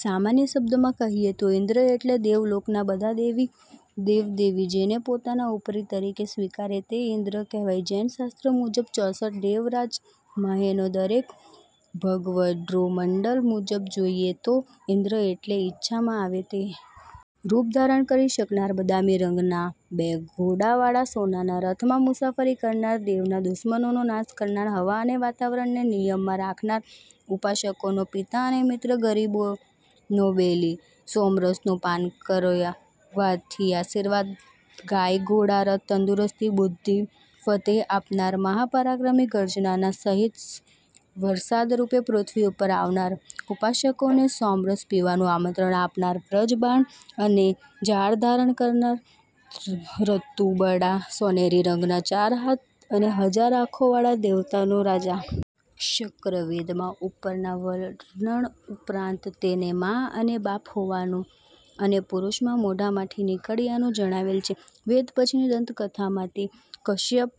સામાન્ય શબ્દમાં કહીએ તો ઇન્દ્ર એટલે દેવલોકનાં બધાં દેવદેવી જેને પોતાના ઉપરી તરીકે સ્વીકારે તે ઇન્દ્ર કહેવાય. જૈન શાસ્ત્ર મુજબ ચોસઠ દેવરાજ માંહેનો દરેક. ભગવદ્ગોમંડલ મુજબ જોઈએ તો ઇન્દ્ર એટલે ઇચ્છામાં આવે તે રૂપ ધારણ કરી શકનાર, બદામી રંગના બે ઘોડાવાળા સોનાના રથમાં મુસાફરી કરનાર, દેવના દુશ્મનોનો નાશ કરનાર, હવા અને વાતાવરણને નિયમમાં રાખનાર, ઉપાસકોનો પિતા અને મિત્ર, ગરીબનો બેલી, સોમરસનું પાન કરાવ્યાથી આશીર્વાદ, ગાય, ઘોડા, રથ, તંદુરસ્તી, બુદ્ધિ, ફતેહ આપનાર, મહા પરાક્રમી ગર્જના સહિત વરસાદરૂપે પૃથ્વી ઉપર આવનાર, ઉપાસકોને સોમરસ પીવાનું આમંત્રણ આપનાર, વજ્ર બાણ અને જાળ ધારણ કરનાર, રતુંબડા સોનેરી રંગનો, ચાર હાથ અને હજાર આંખવાળો દેવતાનો રાજા. શક્ર વેદમાં ઉપરના વર્ણન ઉપરાંત તેને મા અને બાપ હોવાનું અને પુરુષના મોઢામાંથી નીકળ્યાનું જણાવેલ છે. વેદ પછીની દંતકથામાં તે કશ્યપ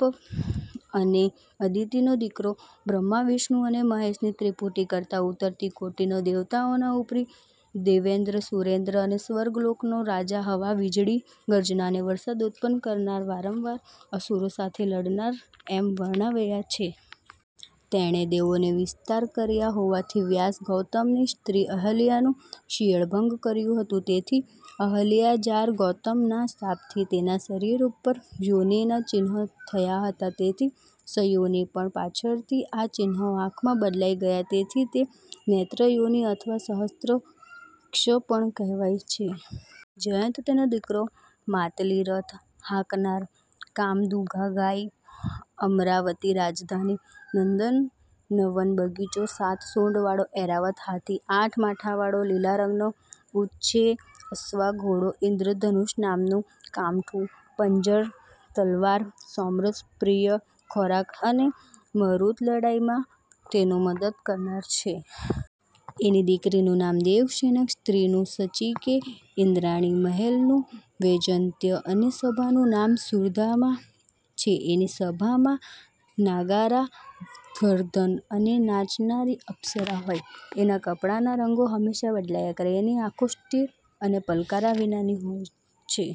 અને અદિતિનો દીકરો, બ્રહ્મા વિષ્ણુ અને મહેશની ત્રિપુટી કરતાં ઊતરતી કોટીનો, દેવતાઓનો ઉપરી, દેવેન્દ્ર, સુરેન્દ્ર, સ્વર્ગલોકનો રાજા હવા, વીજળી, ગર્જના અને વરસાદ ઉત્પન્ન કરનાર, વારંવાર અસુરો સાથે લડનાર એમ વર્ણવાયેલ છે. તેણે વેદનો વિસ્તાર કર્યો હોવાથી વ્યાસ, ગૌતમની સ્ત્રી અહલ્યાનું શિયળ ભંગ કર્યું હતું તેથી અહલ્યાજાર, ગૌતમના શાપથી તેના શરીર ઉપર યોનિનાં ચિહ્ન થયાં હતાં તેથી સયોનિ, પણ પાછળથી આ ચિહ્નો આંખમાં બદલાઈ ગયાં તેથી તે નેત્રયોનિ અથવા સહસ્ત્રાક્ષ પણ કહેવાય છે. જયંત તેનો દીકરો, માતલિ રથ હાંકનાર, કામદુધા ગાય, અમરાવતી રાજધાની, નંદનવન બગીચો, સાત સૂંઢવાળો ઐરાવત હાથી, આઠ માથાવાળો લીલા રંગનો ઉચ્ચૈ:શ્રવા ઘોડો, ઇંદ્રધનુષ નામનું કામઠું, પરંજ તરવાર, સોમરસ પ્રિય ખોરાક અને મરુત લડાઈમાં તેનો મદદ કરનાર છે. એની દિકરીનું નામ દેવસ્સેના, સ્ત્રીનું શચી કે ઇંદ્રાણી, મહેલનું વૈજયંત અને સભાનું નામ સુધર્મા છે. એની સભામાં ગાનારા ગંધર્વ અને નાચનારી અપસરા હોય. એનાં કપડાંના રંગ હમેશા બદલાયા કરે. તેની આંખો સ્થિર એટલે પલકારા વિનાની છે.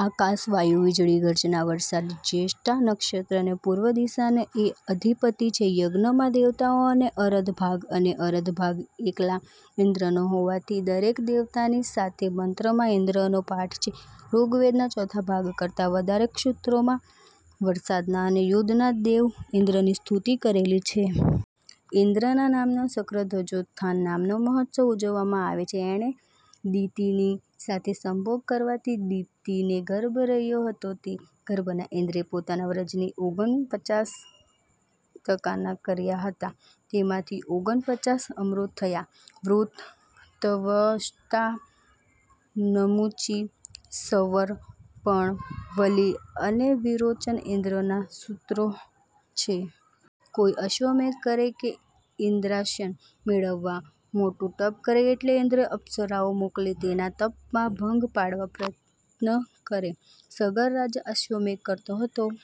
આકાશ, વાયુ, વીજળી, ગર્જના, વરસાદ, જ્યેષ્ઠા નક્ષત્ર અને પૂર્વ દિશાનો એ અધિપતિ છે. યજ્ઞમાં દેવતાઓને અરધ ભાગ અને અરધ ભાગ એકલા ઇંદ્રનો હોવાથી દરેક દેવતાની સાથે મંત્રમાં ઇંદ્રનો પાઠ છે. ઋગ્વેદનાં ચોથા ભાગ કરતાં વધારે સૂક્તોમાં વરસાદના અને યુદ્ધના દેવ ઇંદ્રની સ્તુતિ કરેલી છે. ઇંદ્રના માનમાં શક્રધ્વજોત્થાન નામનો મહોત્સાવ ઊજવવામાં આવે છે. એણે દિતિની સાથે સંભોગ કરવાથી દિતિને ગર્ભ રહ્યો હતો. તે ગર્ભના ઇંદ્રે પોતાના વજ્રથી ઓગન પચાસ કટકા કર્યા હતા. તેમાંથી ઓગન પચાસ મરુત થયા. વૃત્ર, ત્વષ્ટા, નમુચિ, સંવર, પણ, વલિ અને વિરોચન ઇંદ્રના શત્રુ છે. કોઈ અશ્વમેધ કરે કે ઇંદ્રાસન મેળવવા મોટું તપ કરે એટલે ઇંદ્ર અપ્સરાઓ મોકલી તેના તપમાં ભંગ પાડવા યત્ન કરે. સગર રાજા અશ્વમેધ કરતો હતો